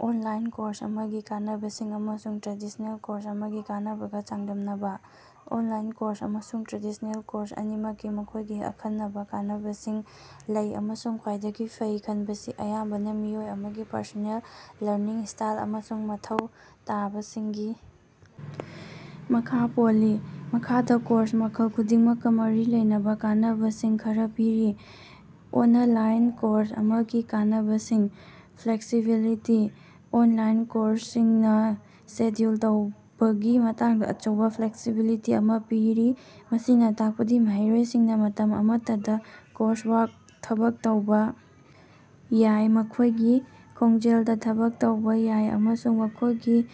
Online course ꯑꯃꯒꯤ ꯀꯥꯟꯅꯕꯁꯤꯡ ꯑꯃꯁꯨꯡ ꯇ꯭ꯔꯦꯗꯤꯁꯅꯦꯜ ꯀꯣꯔꯁ ꯑꯃꯒꯤ ꯀꯥꯟꯅꯕꯒ ꯆꯥꯡꯗꯝꯅꯕ꯫ ꯑꯣꯟꯂꯥꯏꯟ ꯀꯣꯔꯁ ꯑꯃꯁꯨꯡ ꯇ꯭ꯔꯦꯗꯤꯁꯅꯦꯜ ꯀꯣꯔꯁ ꯑꯅꯤꯃꯛꯀꯤ ꯃꯈꯣꯢꯒꯤ ꯑꯈꯟꯅꯕ ꯀꯥꯟꯅꯕꯁꯤꯡ ꯂꯩ ꯑꯃꯁꯨꯡ ꯈ꯭ꯋꯥꯏꯗꯒꯤ ꯐꯩ ꯈꯟꯕꯁꯤ ꯑꯌꯥꯝꯕꯅ ꯃꯤꯑꯣꯏ ꯑꯃꯒꯤ ꯄꯔꯁꯣꯅꯦꯜ ꯂꯔꯅꯤꯡ ꯁ꯭ꯇꯥꯏꯜ ꯑꯃꯁꯨꯡ ꯃꯊꯧ ꯇꯥꯕꯁꯤꯡꯒꯤ ꯃꯈꯥ ꯄꯣꯜꯂꯤ꯫ ꯃꯈꯥꯗꯥ ꯀꯣꯔꯁ ꯃꯈꯜ ꯈꯨꯗꯤꯡꯃꯛꯀ ꯃꯔꯤ ꯂꯩꯅꯕꯥ ꯀꯥꯟꯅꯕꯁꯤꯡ ꯈꯔꯥ ꯄꯤꯔꯤ꯫ ꯑꯣꯅꯂꯥꯏꯟ ꯀꯣꯔꯁ ꯑꯃꯒꯤ ꯀꯥꯟꯅꯕꯁꯤꯡ: ꯐ꯭ꯂꯦꯛꯁꯤꯕꯤꯂꯤꯇꯤ: ꯑꯣꯟꯂꯥꯏꯟ ꯀꯣꯔꯁꯁꯤꯡꯅ ꯁꯦꯗ꯭ꯌꯨꯜ ꯇꯧꯕꯒꯤ ꯃꯇꯥꯡꯗ ꯑꯆꯧꯕ ꯐ꯭ꯂꯦꯛꯁꯤꯕꯤꯂꯤꯇꯤ ꯑꯃ ꯄꯤꯔꯤ꯫ ꯃꯁꯤꯅ ꯇꯥꯛꯄꯗꯤ ꯃꯍꯩꯔꯣꯏꯁꯤꯡꯅ ꯃꯇꯝ ꯑꯃꯠꯇꯗ ꯀꯣꯔꯁꯋꯥꯔꯛ ꯊꯕꯛ ꯇꯧꯕꯥ ꯌꯥꯏ ꯃꯈꯣꯢꯒꯤ ꯈꯣꯡꯖꯦꯜꯗ ꯊꯕꯛ ꯇꯧꯕꯥ ꯌꯥꯏ ꯑꯃꯁꯨꯡ ꯃꯈꯣꯢꯒꯤ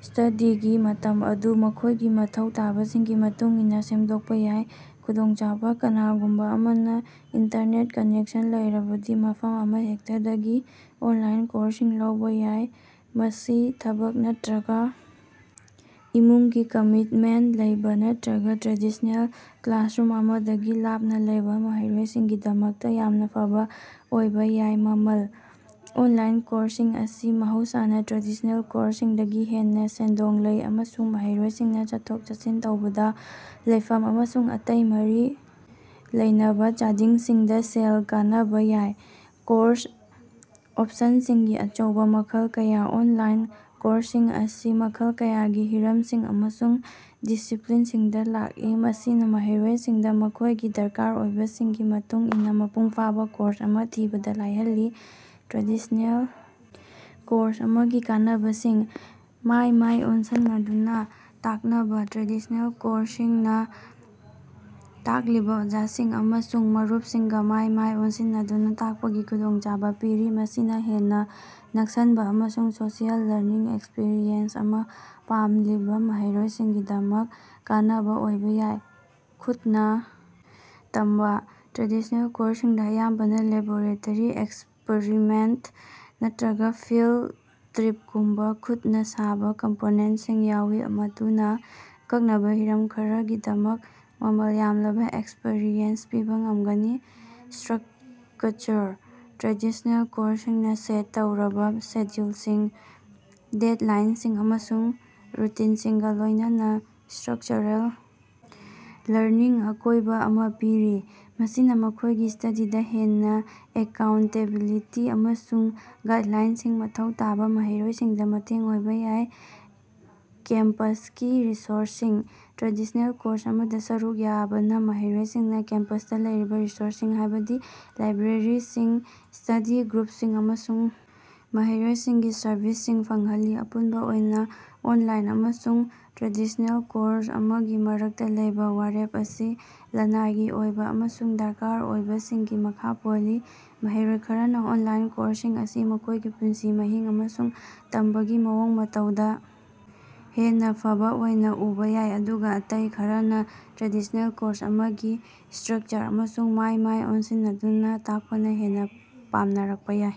ꯁ꯭ꯇꯗꯤꯒꯤ ꯃꯇꯝ ꯑꯗꯨ ꯃꯈꯣꯢꯒꯤ ꯃꯊꯧ ꯇꯥꯕꯁꯤꯡꯒꯤ ꯃꯇꯨꯡ ꯏꯟꯅ ꯁꯦꯝꯗꯣꯛꯄ ꯌꯥꯏ꯫ ꯈꯨꯗꯣꯡꯆꯥꯕꯥ: ꯀꯅꯥꯒꯨꯝꯕ ꯑꯃꯅ ꯏꯟꯇꯔꯅꯦꯠ ꯀꯅꯦꯛꯁꯟ ꯂꯩꯔꯕꯗꯤ ꯃꯐꯝ ꯑꯃꯍꯦꯛꯇꯗꯒꯤ ꯑꯣꯟꯂꯥꯏꯟ ꯀꯣꯔꯁꯁꯤꯡ ꯂꯧꯕꯥ ꯌꯥꯏ꯫ ꯃꯁꯤ ꯊꯕꯛ ꯅꯠꯇ꯭ꯔꯒ ꯏꯃꯨꯡꯒꯤ ꯀꯃꯤꯇꯃꯦꯟꯇ ꯂꯩꯕꯥ ꯅꯠꯇ꯭ꯔꯒ ꯇ꯭ꯔꯦꯗꯤꯁꯅꯦꯜ ꯀ꯭ꯂꯥꯁꯔꯨꯝ ꯑꯃꯗꯒꯤ ꯂꯥꯞꯅ ꯂꯩꯕꯥ ꯃꯍꯩꯔꯣꯏꯁꯤꯡꯒꯤꯗꯃꯛꯇ ꯌꯥꯝꯅ ꯐꯕ ꯑꯣꯏꯕꯥ ꯌꯥꯏ꯫ ꯃꯃꯜ: ꯑꯣꯟꯂꯥꯏꯟ ꯀꯣꯔꯁꯁꯤꯡ ꯑꯁꯤ ꯃꯍꯧꯁꯥꯅ ꯇ꯭ꯔꯦꯗꯤꯁꯅꯦꯜ ꯀꯣꯔꯁꯁꯤꯡꯗꯒꯤ ꯍꯦꯟꯅ ꯁꯦꯟꯗꯣꯡ ꯂꯩ ꯑꯃꯁꯨꯡ ꯃꯍꯩꯔꯣꯏꯁꯤꯡꯅ ꯆꯠꯊꯣꯛ ꯆꯠꯁꯤꯟ ꯇꯧꯕꯗ, ꯂꯩꯐꯝ ꯑꯃꯁꯨꯡ ꯑꯇꯩ ꯃꯔꯤ ꯂꯩꯅꯕ ꯆꯥꯗꯤꯡꯁꯤꯡꯗ ꯁꯦꯜ ꯀꯅꯕꯥ ꯌꯥꯏ꯫ ꯀꯣꯔꯁ ꯑꯣꯞꯁꯟꯁꯤꯡꯒꯤ ꯑꯆꯧꯕ ꯃꯈꯜ ꯀꯌꯥ: ꯑꯣꯟꯂꯥꯏꯟ ꯀꯣꯔꯁꯁꯤꯡ ꯑꯁꯤ ꯃꯈꯜ ꯀꯌꯥꯒꯤ ꯍꯤꯔꯝꯁꯤꯡ ꯑꯃꯁꯨꯡ ꯗꯤꯁꯤꯄ꯭ꯂꯤꯟꯁꯤꯡꯗ ꯂꯥꯛꯏ ꯃꯁꯤꯅ ꯃꯍꯩꯔꯣꯏꯁꯤꯡꯗ ꯃꯈꯣꯢꯒꯤ ꯗꯔꯀꯥꯔ ꯑꯣꯏꯕꯁꯤꯡꯒꯤ ꯃꯇꯨꯡ ꯏꯟꯅ ꯃꯄꯨꯡ ꯐꯥꯕ ꯀꯣꯔꯁ ꯑꯃ ꯊꯤꯕꯗ ꯂꯥꯏꯍꯜꯂꯤ꯫ ꯇ꯭ꯔꯦꯗꯤꯁꯅꯦꯜ ꯀꯣꯔꯁ ꯑꯃꯒꯤ ꯀꯥꯟꯅꯕꯁꯤꯡ: ꯃꯥꯏ ꯃꯥꯏ ꯑꯣꯟꯁꯟꯅꯗꯨꯅ ꯇꯥꯛꯅꯕ: ꯇ꯭ꯔꯦꯗꯤꯁꯅꯦꯜ ꯀꯣꯔꯁꯁꯤꯡꯅ ꯇꯥꯛꯂꯤꯕ ꯑꯣꯖꯥꯁꯤꯡ ꯑꯃꯁꯨꯡ ꯃꯔꯨꯞꯁꯤꯡꯒ ꯃꯥꯏ ꯃꯥꯏ ꯑꯣꯟꯁꯤꯟꯅꯗꯨꯅ ꯇꯥꯛꯄꯒꯤ ꯈꯨꯗꯣꯡꯆꯥꯕ ꯄꯤꯔꯤ꯫ ꯃꯁꯤꯅ ꯍꯦꯟꯅ ꯅꯛꯁꯟꯕ ꯑꯃꯁꯨꯡ ꯁꯣꯁꯤꯑꯦꯜ ꯂꯔꯅꯤꯡ ꯑꯦꯛꯁꯄꯤꯔꯤꯑꯦꯟꯁ ꯑꯃ ꯄꯥꯝꯂꯤꯕ ꯃꯍꯩꯔꯣꯏꯁꯤꯡꯒꯤꯗꯃꯛ ꯀꯥꯟꯅꯕ ꯑꯣꯏꯕ ꯌꯥꯏ꯫ ꯈꯨꯠꯅꯥ ꯇꯝꯕꯥ: ꯇ꯭ꯔꯦꯗꯤꯁꯅꯦꯜ ꯀꯣꯔꯁꯁꯤꯡꯗ ꯑꯌꯥꯝꯕꯅ ꯂꯦꯕꯣꯔꯦꯇꯔꯤ ꯑꯦꯛꯁꯄ꯭ꯔꯤꯃꯦꯟꯇ ꯅꯠꯇ꯭ꯔꯒ ꯐꯤꯜꯗ ꯇ꯭ꯔꯤꯞꯀꯨꯝꯕ ꯈꯨꯠꯅ ꯁꯥꯕꯥ ꯀꯝꯄꯣꯅꯦꯟꯇꯁꯤꯡ ꯌꯥꯎꯏ ꯃꯗꯨꯅ ꯑꯀꯛꯅꯕ ꯍꯤꯔꯝ ꯈꯔꯒꯤꯗꯃꯛ ꯃꯃꯜ ꯌꯥꯝꯂꯕ ꯑꯦꯛꯁꯄꯔꯤꯌꯦꯟꯁ ꯄꯤꯕ ꯉꯝꯒꯅꯤ꯫ ꯁꯇ꯭ꯔꯀꯆꯔ: ꯇ꯭ꯔꯦꯗꯤꯁꯅꯦꯜ ꯀꯣꯔꯁꯁꯤꯡꯅ ꯁꯦꯠ ꯇꯧꯔꯕ ꯁꯦꯗ꯭ꯌꯨꯜꯁꯤꯡ, ꯗꯦꯗꯂꯥꯏꯟꯁꯤꯡ ꯑꯃꯁꯨꯡ ꯔꯨꯇꯤꯟꯁꯤꯡꯒ ꯂꯣꯢꯅꯅꯥ ꯁꯇ꯭ꯔꯛꯆꯔꯦꯜ ꯂꯔꯅꯤꯡ ꯑꯀꯣꯏꯕ ꯑꯃꯥ ꯄꯤꯔꯤ꯫ ꯃꯁꯤꯅ ꯃꯈꯣꯢꯒꯤ ꯁꯇꯗꯤꯗ ꯍꯦꯟꯅ ꯑꯦꯀꯥꯎꯟꯇꯦꯕꯤꯂꯤꯇꯤ ꯑꯃꯁꯨꯡ ꯒꯥꯏꯗꯂꯥꯏꯟꯁꯤꯡ ꯃꯊꯧ ꯇꯥꯕ ꯃꯍꯩꯔꯣꯏꯁꯤꯡꯗ ꯃꯇꯦꯡ ꯑꯣꯏꯕ ꯌꯥꯏ꯫ ꯀꯦꯝꯄꯁꯀꯤ ꯔꯤꯁꯣꯔꯁꯁꯤꯡ: ꯇ꯭ꯔꯦꯗꯤꯁꯅꯦꯜ ꯀꯣꯔꯁ ꯑꯃꯗ ꯁꯔꯨꯛ ꯌꯥꯕꯅ ꯃꯍꯩꯔꯣꯏꯁꯤꯡꯅ ꯀꯦꯝꯄꯁꯇ ꯂꯩꯔꯤꯕ ꯔꯤꯁꯣꯔꯁꯁꯤꯡ ꯍꯥꯢꯕꯗꯤ ꯂꯥꯏꯕ꯭ꯔꯦꯔꯤꯁꯤꯡ, ꯁ꯭ꯇꯗꯤ ꯒ꯭ꯔꯨꯞꯁꯤꯡ ꯑꯃꯁꯨꯡ ꯃꯍꯩꯔꯣꯏꯁꯤꯡꯒꯤ ꯁꯔꯚꯤꯁꯁꯤꯡ ꯐꯪꯍꯜꯂꯤ꯫ ꯑꯄꯨꯟꯕ ꯑꯣꯏꯅ ꯑꯣꯟꯂꯥꯏꯟ ꯑꯃꯁꯨꯡ ꯇ꯭ꯔꯦꯗꯤꯁꯅꯦꯜ ꯀꯣꯔꯁ ꯑꯃꯒꯤ ꯃꯔꯛꯇ ꯂꯩꯕꯥ ꯋꯥꯔꯦꯞ ꯑꯁꯤ ꯂꯅꯥꯏꯒꯤ ꯑꯣꯏꯕ ꯑꯃꯁꯨꯡ ꯗꯔꯀꯥꯔ ꯑꯣꯏꯕꯁꯤꯡꯒꯤ ꯃꯈꯥ ꯄꯣꯜꯂꯤ꯫ ꯃꯍꯩꯔꯣꯏ ꯈꯔꯅ ꯑꯣꯟꯂꯥꯏꯟ ꯀꯣꯔꯁꯁꯤꯡ ꯑꯁꯤ ꯃꯈꯣꯢꯒꯤ ꯄꯨꯟꯁꯤ ꯃꯍꯤꯡ ꯑꯃꯁꯨꯡ ꯇꯝꯕꯒꯤ ꯃꯑꯣꯡ ꯃꯇꯧꯗ ꯍꯦꯟꯅ ꯐꯕ ꯑꯣꯏꯅ ꯎꯕꯥ ꯌꯥꯏ ꯑꯗꯨꯒ ꯑꯇꯩ ꯈꯔꯅ ꯇ꯭ꯔꯦꯗꯤꯁꯅꯦꯜ ꯀꯣꯔꯁ ꯑꯃꯒꯤ ꯁꯇ꯭ꯔꯛꯆꯔ ꯑꯃꯁꯨꯡ ꯃꯥꯏ ꯃꯥꯏ ꯑꯣꯟꯁꯤꯟꯅꯗꯨꯅ ꯇꯥꯛꯄꯅ ꯍꯦꯟꯅꯥ ꯄꯥꯝꯅꯔꯛꯄ ꯌꯥꯏ꯫